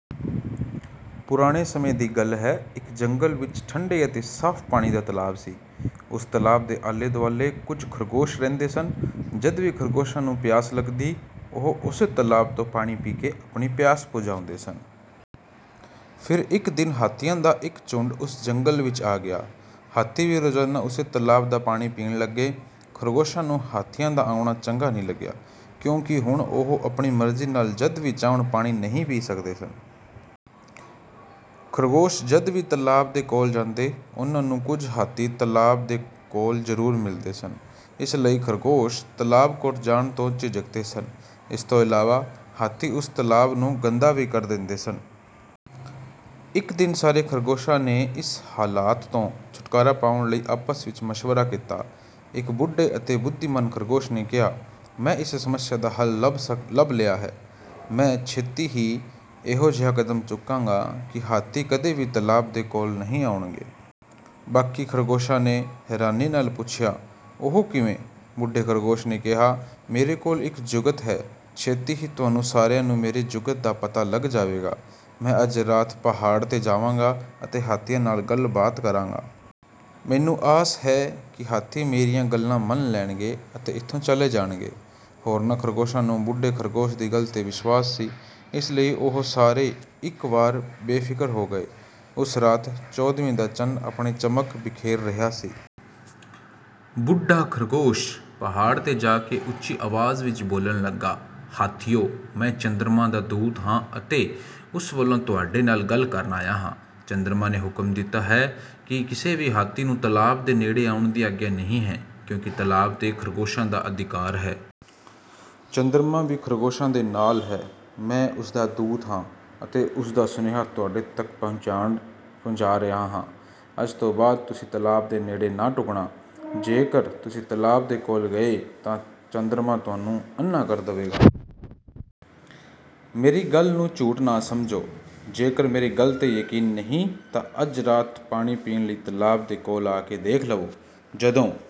ਪੁਰਾਣੇ ਸਮੇਂ ਦੀ ਗੱਲ ਹੈ। ਇੱਕ ਜੰਗਲ ਵਿੱਚ ਠੰਢੇ ਅਤੇ ਸਾਫ਼ ਪਾਣੀ ਦਾ ਤਲਾਬ ਸੀ। ਉਸ ਤਲਾਬ ਦੇ ਆਲੇ-ਦੁਆਲੇ ਕੁਝ ਖ਼ਰਗੋਸ਼ ਰਹਿੰਦੇ ਸਨ। ਜਦ ਵੀ ਖ਼ਰਗੋਸ਼ਾਂ ਨੂੰ ਪਿਆਸ ਲੱਗਦੀ, ਉਹ ਉਸੇ ਤਲਾਬ ਤੋਂ ਪਾਣੀ ਪੀ ਕੇ ਆਪਣੀ ਪਿਆਸ ਬੁਝਾਉਂਦੇ ਸਨ। ਫਿਰ ਇੱਕ ਦਿਨ ਹਾਥੀਆਂ ਦਾ ਇੱਕ ਝੁੰਡ ਉਸ ਜੰਗਲ ਵਿੱਚ ਆ ਗਿਆ। ਹਾਥੀ ਵੀ ਰੋਜ਼ਾਨਾ ਉਸੇ ਤਲਾਬ ਦਾ ਪਾਣੀ ਪੀਣ ਲੱਗੇ। ਖ਼ਰਗੋਸ਼ਾਂ ਨੂੰ ਹਾਥੀਆਂ ਦਾ ਆਉਣਾ ਚੰਗਾ ਨਹੀਂ ਲੱਗਿਆ ਕਿਉਂਕਿ ਹੁਣ ਉਹ ਆਪਣੀ ਮਰਜ਼ੀ ਨਾਲ ਜਦ ਵੀ ਚਾਹੁਣ ਪਾਣੀ ਨਹੀਂ ਪੀ ਸਕਦੇ ਸਨ। ਖ਼ਰਗੋਸ਼ ਜਦ ਵੀ ਤਲਾਬ ਦੇ ਕੋਲ ਜਾਂਦੇ, ਉਹਨਾਂ ਨੂੰ ਕੁਝ ਹਾਥੀ ਤਲਾਬ ਦੇ ਕੋਲ ਜ਼ਰੂਰ ਮਿਲਦੇ ਸਨ, ਇਸ ਲਈ ਖ਼ਰਗੋਸ਼ ਤਲਾਬ ਕੋਲ ਜਾਣ ਤੋਂ ਝਿਜਕਦੇ ਸਨ। ਇਸ ਤੋਂ ਇਲਾਵਾ ਹਾਥੀ ਉਸ ਤਲਾਬ ਨੂੰ ਗੰਦਾ ਵੀ ਕਰ ਦਿੰਦੇ ਸਨ। ਇੱਕ ਦਿਨ ਸਾਰੇ ਖ਼ਰਗੋਸ਼ਾਂ ਨੇ ਇਸ ਹਾਲਤ ਤੋਂ ਛੁਟਕਾਰਾ ਪਾਉਣ ਲਈ ਆਪਸ ਵਿੱਚ ਮਸ਼ਵਰਾ ਕੀਤਾ। ਇੱਕ ਬੁੱਢੇ ਅਤੇ ਬੁੱਧੀਮਾਨ ਖ਼ਰਗੋਸ਼ ਨੇ ਕਿਹਾ, "ਮੈਂ ਇਸ ਸਮੱਸਿਆ ਦਾ ਹੱਲ ਲੱਭ ਲਿਆ ਹੈ। ਮੈਂ ਛੇਤੀ ਹੀ ਇਹੋ ਜਿਹਾ ਕਦਮ ਚੁੱਕਾਂਗਾ ਕਿ ਹਾਥੀ ਕਦੇ ਵੀ ਤਲਾਬ ਦੇ ਕੋਲ ਨਹੀਂ ਆਉਣਗੇ।" ਬਾਕੀ ਖ਼ਰਗੋਸ਼ਾਂ ਨੇ ਹੈਰਾਨੀ ਨਾਲ ਪੁੱਛਿਆ, "ਉਹ ਕਿਵੇਂ?" ਬੁੱਢੇ ਖ਼ਰਗੋਸ਼ ਨੇ ਕਿਹਾ, "ਮੇਰੇ ਕੋਲ ਇੱਕ ਜੁਗਤ ਹੈ, ਛੇਤੀ ਹੀ ਤੁਹਾਨੂੰ ਸਾਰਿਆਂ ਨੂੰ ਮੇਰੀ ਜੁਗਤ ਦਾ ਪਤਾ ਲੱਗ ਜਾਵੇਗਾ। ਮੈਂ ਅੱਜ ਰਾਤ ਪਹਾੜ 'ਤੇ ਜਾਵਾਂਗਾ ਅਤੇ ਹਾਥੀਆਂ ਨਾਲ ਗੱਲਬਾਤ ਕਰਾਂਗਾ। ਮੈਨੂੰ ਆਸ ਹੈ ਕਿ ਹਾਥੀ ਮੇਰੀਆਂ ਗੱਲਾਂ ਮੰਨ ਲੈਣਗੇ ਅਤੇ ਇੱਥੋਂ ਚਲੇ ਜਾਣਗੇ।" ਹੋਰਨਾਂ ਖ਼ਰਗੋਸ਼ਾਂ ਨੂੰ ਬੁੱਢੇ ਖ਼ਰਗੋਸ਼ ਦੀ ਗੱਲ 'ਤੇ ਵਿਸ਼ਵਾਸ ਸੀ, ਇਸ ਲਈ ਉਹ ਸਾਰੇ ਇੱਕ ਵਾਰ ਬੇਫ਼ਿਕਰ ਹੋ ਗਏ। ਉਸ ਰਾਤ ਚੌਦਵੀਂ ਦਾ ਚੰਦ ਆਪਣੀ ਚਮਕ ਬਿਖੇਰ ਰਿਹਾ ਸੀ। ਬੁੱਢਾ ਖ਼ਰਗੋਸ਼ ਪਹਾੜ 'ਤੇ ਜਾ ਕੇ ਉੱਚੀ ਆਵਾਜ਼ ਵਿੱਚ ਬੋਲਣ ਲੱਗਾ, "ਹਾਥੀਓ, ਮੈਂ ਚੰਦਰਮਾ ਦਾ ਦੂਤ ਹਾਂ ਅਤੇ ਉਸ ਵੱਲੋਂ ਤੁਹਾਡੇ ਨਾਲ ਗੱਲ ਕਰਨ ਆਇਆ ਹਾਂ। ਚੰਦਰਮਾ ਨੇ ਹੁਕਮ ਦਿੱਤਾ ਹੈ ਕਿ ਕਿਸੇ ਵੀ ਹਾਥੀ ਨੂੰ ਤਲਾਬ ਦੇ ਨੇੜੇ ਆਉਣ ਦੀ ਆਗਿਆ ਨਹੀਂ ਹੈ ਕਿਉਂਕਿ ਤਲਾਬ 'ਤੇ ਖ਼ਰਗੋਸ਼ਾਂ ਦਾ ਅਧਿਕਾਰ ਹੈ। ਚੰਦਰਮਾ ਵੀ ਖ਼ਰਗੋਸ਼ਾਂ ਦੇ ਨਾਲ ਹੈ। ਮੈਂ ਉਸ ਦਾ ਦੂਤ ਹਾਂ ਅਤੇ ਉਸ ਦਾ ਸੁਨੇਹਾ ਤੁਹਾਡੇ ਤੱਕ ਪਹੁੰਚਾ ਰਿਹਾ ਹਾਂ। ਅੱਜ ਤੋਂ ਬਾਅਦ ਤੁਸੀਂ ਤਲਾਬ ਦੇ ਨੇੜੇ ਨਾ ਢੁਕਣਾ। ਜੇਕਰ ਤੁਸੀਂ ਤਲਾਬ ਦੇ ਕੋਲ ਗਏ ਤਾਂ ਚੰਦਰਮਾ ਤੁਹਾਨੂੰ ਅੰਨ੍ਹਾ ਕਰ ਦੇਵੇਗਾ। ਮੇਰੀ ਗੱਲ ਨੂੰ ਝੂਠ ਨਾ ਸਮਝੋ, ਜੇਕਰ ਮੇਰੀ ਗੱਲ 'ਤੇ ਯਕੀਨ ਨਹੀਂ ਤਾਂ ਅੱਜ ਰਾਤ ਪਾਣੀ ਪੀਣ ਲਈ ਤਲਾਬ ਦੇ ਕੋਲ ਜਾ ਕੇ ਦੇਖ ਲਵੋ।"ਜਦੋਂ